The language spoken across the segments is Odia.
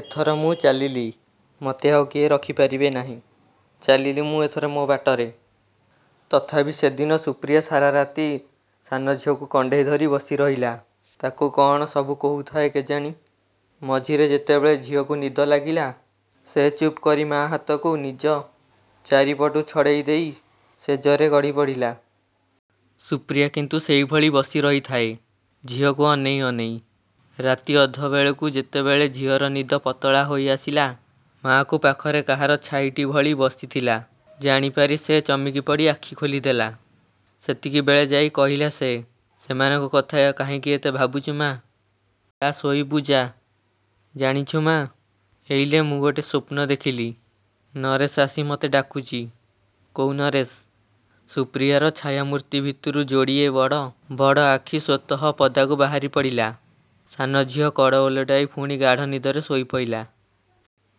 ଏଥର ମୁଁ ଚାଲିଲି। ମତେ ଆଉ କେହି ରଖିପାରିବେ ନାହିଁ। ଚାଲିଲି ମୁଁ ଏଥର ମୋ ବାଟରେ ତଥାପି ସେଦିନ ସୁପ୍ରିୟା ସାରା ରାତି ସାନଝିଅକୁ କୁଣ୍ଢେଇ ଧରି ବସିରହିଲା। ତାକୁ କଅଣ ସବୁ କହୁଥାଏ କେଜାଣି। ମଝିରେ ଯେତେବେଳେ ଝିଅକୁ ନିଦ ଲାଗିଲା, ସେ ଚୁପକରି ମା ହାତକୁ ନିଜ ଚାରିପଟୁ ଛଡ଼େଇ ଦେଇ ଶେଯରେ ଗଡ଼ିପଡ଼ିଲା। ସୁପ୍ରିୟା କିନ୍ତୁ ସେଇଭଳି ବସିରହିଥାଏ, ଝିଅକୁ ଅନେଇ ଅନେଇ। ରାତି ଅଧବେଳକୁ ଯେତେବେଳେ ଝିଅର ନିଦ ପତଳା ହୋଇଆସିଲା, ମା'କୁ ପାଖରେ କାହାର ଛାଇଟିଏ ଭଳି ବସିଥିବା ଜାଣିପାରି ସେ ଚମକିପଡ଼ି ଆଖି ଖୋଲି ଦେଖିଲା। ସେତିକିବେଳେ ଯାଇ କହିଲା ସେ, ସେମାନଙ୍କ କଥା କାହିଁକି ଏତେ ଭାବୁଛୁ ମା। ଯା ଶୋଇବୁ ଯା। ଜାଣିଛୁ ମା, ଏଇଲେ ମୁଁ ଗୋଟିଏ ସ୍ୱପ୍ନ ଦେଖିଲି। ନରେଶ ଆସି ମତେ ଡାକୁଛି, କୋଉ ନରେଶ ସୁପ୍ରିୟାର ଛାୟାମୂର୍ତ୍ତି ଭିତରୁ ଯୋଡ଼ିଏ ବଡ଼ ବଡ଼ ଆଖି ସ୍ୱତଃ ପଦାକୁ ବାହାରିପଡ଼ିଲା। ସାନଝିଅ କଡ଼ ଓଲଟେଇ ପୁଣି ଗାଢ଼ ନିଦରେ ଶୋଇଗଲା।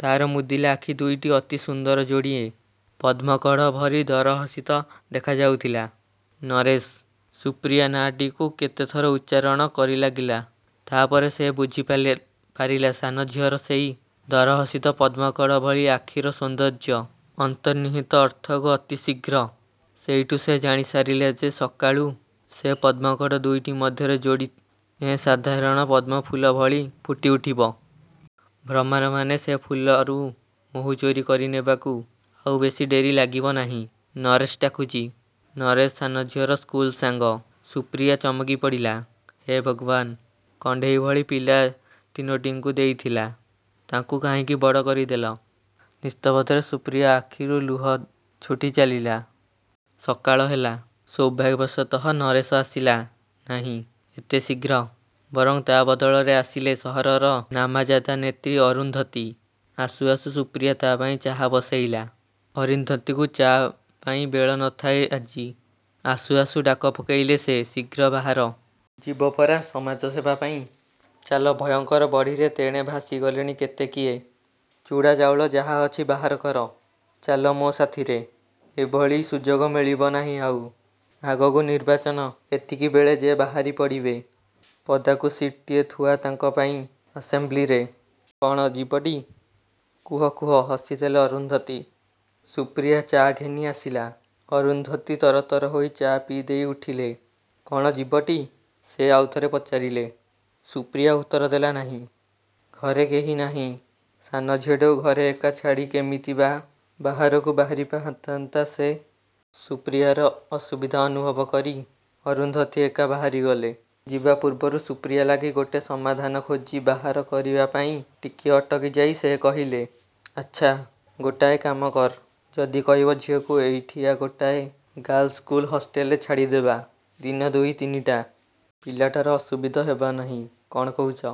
ତାର ମୁଦିଲା ଆଖି ଦୁଇଟି ଅତି ସୁନ୍ଦର ଯୋଡ଼ିଏ ପଦ୍ମକଢ଼ ଭଳି ଦରହସିତ ଦେଖାଯାଉଥିଲା। ନରେଶ ସୁପ୍ରିୟା ନାଁଟିକୁ କେଇଥର ଉଚ୍ଚାରଣ କରିଲାଗିଲା। ତାପରେ ସେ ବୁଝି ବୁଝିପାରିଲା ସାନଝିଅର ସେଇ ଦରହସିତ ପଦ୍ମକଢ଼ ଭଳି ଆଖିର ସୌନ୍ଦର୍ଯ୍ୟ ଅନ୍ତର୍ନିହିତ ଅର୍ଥକୁ ଅତି ଶୀଘ୍ର। ସେଇଠୁ ସେ ଜାଣିସାରିଥିଲା ଯେ ସକାଳକୁ ସେ ପଦ୍ମକଢ଼ ଦୁଇଟି ମଧ୍ୟ ଯୋଡ଼ିଏ ସାଧାରଣ ପଦ୍ମଫୁଲ ଭଳି ଫୁଟିଉଠିବ। ଭ୍ରମରମାନେ ସେ ଫୁଲରୁ ମହୁ ଚୋରି କରିନେବାକୁ ଆଉ ବେଶୀ ଡେରି ଲାଗିବ ନାହିଁ। ନରେଶ ଡାକୁଛି ନରେଶ ସାନଝିଅର ସ୍କୁଲ ସାଙ୍ଗ। ସୁପ୍ରିୟା ଚମକିପଡ଼ିଲା। ହେ ଭଗବାନ କଣ୍ଢେଇ ଭଳି ପିଲା ତିନୋଟିଙ୍କୁ ଦେଇଥିଲ, ତାଙ୍କୁ କାହିଁକି ବଡ଼ କରିଦେଲ। ନିସ୍ତବ୍ଧରେ ସୁପ୍ରିୟାର ଆଖିରୁ ଲୁହ ଛୁଟି ଚାଲିଲା। ସକାଳ ହେଲା। ସୌଭାଗ୍ୟବଶତଃ ନରେଶ ଆସିଲା ନାହିଁ ଏତେ ଶୀଘ୍ର। ବରଂ ତା ବଦଳରେ ଆସିଲେ ସହରର ନାମଜାଦା ନେତ୍ରୀ ଅରୁନ୍ଧତୀ ଆସୁ ଆସୁ ସୁପ୍ରିୟା ତାଙ୍କ ପାଇଁ ଚାହା ବସେଇଦେଲା। ଅରୁନ୍ଧତୀଙ୍କୁ ଚା ପାଇଁ ବେଳ ନ ଥାଏ ଆଜି। ଆସୁ ଆସୁ ଡାକ ପକେଇଲେ ସେ, ଶୀଘ୍ର ବାହାର। ଯିବ ପରା ସମାଜସେବା ପାଇଁ। ଚାଲ, ଭୟଙ୍କର ବଢ଼ିରେ ତେଣେ ଭାସିଗଲେଣି କେତେ କିଏ। ଚୂଡ଼ା ଚାଉଳ ଯାହା ଅଛି ବାହାର କର। ଚାଲ ମୋ ସାଥିରେ। ଏଭଳି ସୁଯୋଗ ମିଳିବ ନାହିଁ ଆଉ। ଆଗକୁ ନିର୍ବାଚନ। ଏତିକିବେଳେ ଯେ ବାହାରିପଡ଼ିବେ ପଦାକୁ ସିଟ୍‌ଟିଏ ଥୁଆ ତାଙ୍କ ପାଇଁ ଆସେମ୍ବ୍ଲିରେ। କଣ ଯିବଟି କହୁ କହୁ ହସିଦେଲେ ଅରୁନ୍ଧତୀ। ସୁପ୍ରିୟା ଚା ଘେନି ଆସିଲା। ଅରୁନ୍ଧତୀ ତରତର ହୋଇ ଚା ପିଇଦେଇ ଉଠିଲେ। କଣ ଯିବଟି ସେ ଆଉ ଥରେ ପଚାରିଲେ। ସୁପ୍ରିୟା ଉତ୍ତର ଦେଲା ନାହିଁ। ଘରେ କେହି ନାହିଁ। ସାନଝିଅଟିକୁ ଘରେ ଏକା ଛାଡ଼ି କେମିତି ବା ବାହାରକୁ ବାହାରିପାରିଥାନ୍ତା ସେ। ସୁପ୍ରିୟାର ଅସୁବିଧା ଅନୁଭବ କରି ଅରୁନ୍ଧତୀ ଏକା ବାହାରିଗଲେ। ଯିବା ପୂର୍ବରୁ ସୁପ୍ରିୟା ଲାଗି ଗୋଟିଏ ସମାଧାନ ଖୋଜି ବାହାର କରିବା ପାଇଁ ଟିକିଏ ଅଟକିଯାଇ ସେ କହିଲେ, ଆଚ୍ଛା, ଗୋଟାଏ କାମ କର। ଯଦି କହିବ ଝିଅକୁ ଏଇଠିକା ଗୋଟାଏ ଗାର୍ଲସ ସ୍କୁଲ ହଷ୍ଟେଲରେ ଛାଡ଼ିଦେବା, ଦିନ ଦୁଇ ତିନିଟା। ପିଲାଟାର ଅସୁବିଧା ହେବ ନାହିଁ। କଣ କହୁଛ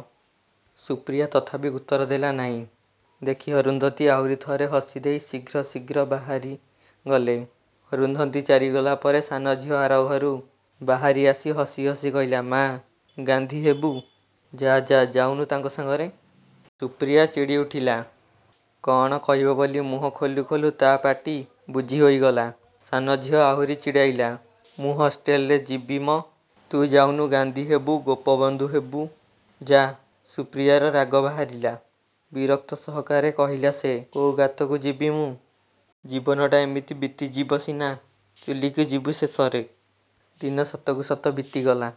ସୁପ୍ରିୟା ତଥାପି ଉତ୍ତର ଦେଲା ନାହିଁ ଦେଖି ଅରୁନ୍ଧତୀ ଆହୁରି ଥରେ ହସିଦେଇ ଶୀଘ୍ର ଶୀଘ୍ର ବାହାରିଗଲେ। ଅରୁନ୍ଧତୀ ଚାଲିଗଲା ପରେ ସାନଝିଅ ଆରଘରୁ ବାହାରିଆସି ହସିହସି କହିଲା, ମା ଗାନ୍ଧୀ ହେବୁ ଯା ଯା, ଯାଉନୁ ତାଙ୍କ ସାଙ୍ଗରେ। ସୁପ୍ରିୟା ଚିଡ଼ିଉଠିଲା। କଅଣ କହିବ ବୋଲି ମୁହଁ ଖୋଲୁ ଖୋଲୁ ତା ପାଟି ବୁଜିହୋଇଗଲା। ସାନଝିଅ ଆହୁରି ଚିଡ଼େଇଲା, ମୁଁ ହଷ୍ଟେଲରେ ଯିବି ମ। ତୁ ଯାଉନୁ ଗାନ୍ଧୀ ହେବୁ ଗୋପବନ୍ଧୁ ହେବୁ, ଯା ସୁପ୍ରିୟାର ରାଗ ବାହାରିଲା। ବିରକ୍ତି ସହକାରେ କହିଲା ସେ, କୋଉ ଗାତକୁ ଯିବି ମୁଁ? ଜୀବନଟା ଏମିତି ବିତିଯିବ ସିନା, ଚୁଲିକୁ ଯିବି ଶେଷରେ। ଦିନ ସତକୁ ସତ ବିତିଗଲା।